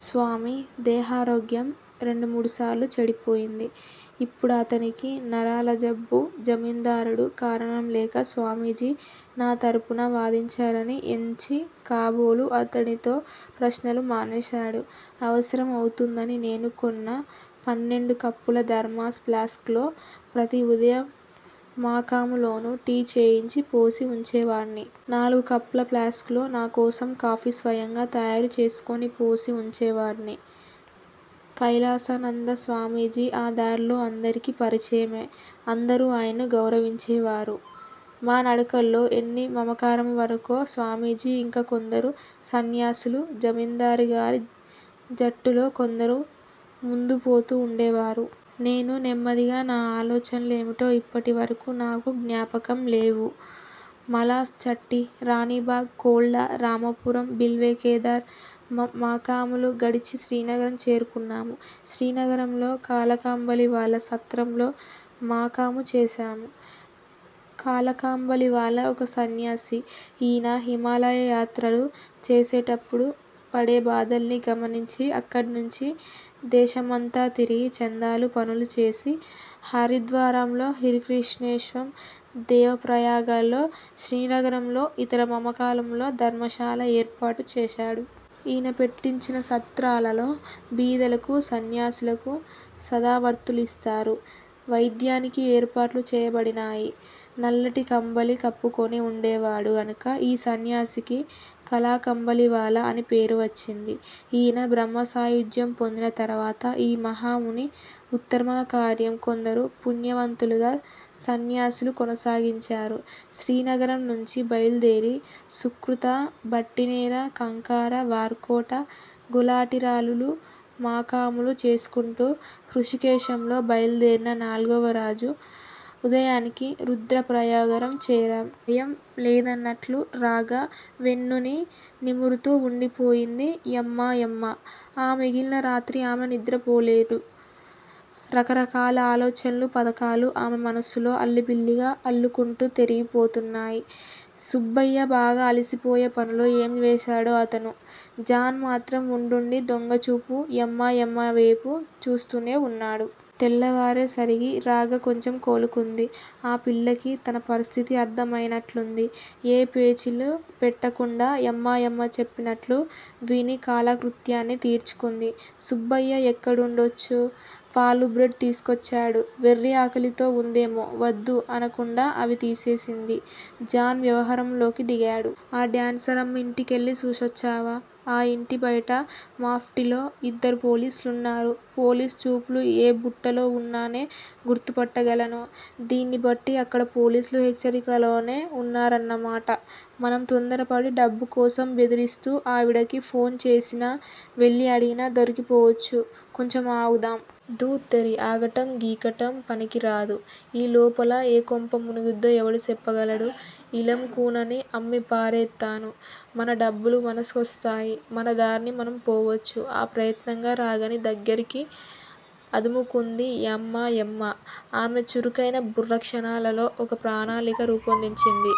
స్వామి: దేహారోగ్యం రెండుమూడుసారులు చెడిపోయింది. ఇప్పుడాతనికి నరాల జబ్బు. జమీందారుడు, కారణంలేక స్వామీజీ నా తరపున వాదించరని ఎంచి కాబోలు అంతటితో ప్రశ్నలు మానేశాడు. అవసరం అవుతుందని నేను కొన్న పన్నెండు కప్పుల ధర్మాస్ ప్లాస్క్ లో ప్రతి ఉదయ మకాములోనూ టీ చేయించి పోసి ఉంచేవాడిని. నాలుగు కప్పుల ప్లాస్క్ లో, నా కోసం కాఫీ స్వయంగా తయారుచేసుకొని పోసి ఉంచేవాడిని. కైలాసానంద స్వామీజీ ఆ దారిలో అందరికి పరిచయయే అందరు ఆయన్ను గౌరవించేవారు. మా నడకలో ఎన్ని మమకారములవరకో స్వామీజీ ఇంకా కొందరు సన్యాసులూ, జమీందారుగారి జట్టులో కొందరూ ముందుపోతూ ఉండేవారు. నేను నెమ్మదిగా నా ఆలోచన లేమిటో ఇప్పటికీ నాకు జ్ఞాపకం లేవు. మలాస్ చట్టీ, రాణీబాగ్, కొల్టా, రామాపురం, బిల్వకేదార్ మకాములు గడిచి శ్రీనగరం చేరుకున్నాము. శ్రీనగరంలో కాలాకంబళీ వాలా సత్రంలో మాకాము చేశాము. కలాకంబళీవాలా ఒక సన్యాసి. ఈయన హిమాలయ యాత్రలు చేసేటప్పుడు పడేభాదల్ని గమనించి, అక్కడినుంచి దేశమంతా తిరిగి చందాలు పసూలుచేసి, హరిద్వారంలో, హృషీకేశంలో, దేవప్రయాగలో, శ్రీనగరంలో, ఇతర మమకాములలో ధర్మశాల లేర్పాటు చేశాడు. ఈయన పెట్టించిన సత్రాలలో బీదలకు, సన్యాసులకు సదావర్తులిస్తారు. వైద్యానికీ ఏర్పాటులు చేయబడినాయి. నల్లటి కంబళీ కప్పుకుని ఉండేవాడు గనుక ఈ సన్యాసికి కాలాకంబళీవాలా అని పేరు వచ్చింది. ఈయన బ్రహ్మసాయుజ్యం పొందిన తరువాత, ఈ మహాముని ఉత్తమకార్యం కొందరు పుణ్యవంతులగు సన్యాసులు కొనసాగించారు. శ్రీనగరంనుంచి బయలుదేరి సుకృత, భట్టినేర, కంకార, వార్కోట, గులాటిరాలులు మకాములు చేసుకుంటూ హృషీకేశంలో బయలుదేరిన నాల్గవరోజు ఉదయానికి రుద్రప్రయాగచేరాం. భయం లేదన్నట్లు రాగ వెన్నుని నిమురుతూ వుండిపోయింది యమ్మాయమ్మ ఆ మిగిలిన రాత్రి ఆమె నిద్ర పోలేడు. రకరకాల ఆలోచనలు పధకాలు ఆమె మనస్సులో అల్లిబిల్లిగా అల్లుకుంటూ తెగిపోతున్నాయి. సుబ్బయ్య బాగా అలిసిపోయే పనులు ఏం వేశాడో అతను. జాన్ మాత్రం వుండుండి దొంగచూపులు యమ్మాయమ్మ వేపు చూస్తూనే వున్నాడు. తెల్లావారే సరిగి రాగ కొంచెం కోలుకుంది. ఆ పిల్లకి తన పరిస్థితి అర్ధమైనట్లుంది. ఏ పేచీలు పెట్టకుండా యమ్మాయమ్మ చెప్పినట్లు విని కాలకృత్యాన్ని తీర్చుకుంది. సుబ్బయ్య ఎక్కదుండొచ్చో పాలు బ్రెడ్ తీసుకొచ్చాడు. వెర్రి ఆకలితో వుందేమో వద్దు అనకుండా అవి తినేసింది. జాన్ వ్యవహారంలోకి దిగాడు. ఆ డాన్సరమ్మ ఇంటికాడకెళ్ళి సూసోచ్చావా? ఆ! ఇంటి బయట మఫ్టిలో యిద్దరూ పోలీసులున్నారు పోలీసుచూపులు ఏ బుట్టలో వున్నానే గుర్తుపట్టగలను. దీన్ని బట్టి అక్కడ పోలీసులు హెచ్చరికలోనే వున్నారన్నమాట. మనం తొందరపడి డబ్బు కోసం బెదిరిస్తూ ఆవిడకి ఫోన్ చేసినా, వెళ్ళీ అడిగినా దొరికిపోవచ్చు కొంచెం ఆగుదాం. ధూత్తేరి! ఆగటం గిగటం పనికి రాదు. ఈ లోపల ఏ కొంప మునుగుద్దో ఎవడు సేప్పగలడు? ఈ లం కూనని అమ్మి పారేత్తాను. మన డబ్బులు మనసుకొస్తాయి. మనదారిని మనం పోవచ్చు. ఆప్రయత్నంగా రాగని దగ్గరికి అదుముకుంది యమ్మాయమ్మ ఆమె చురుకైన బుర్ర క్షణాలలో ఒక ప్రణాళిక రూపొందించింది.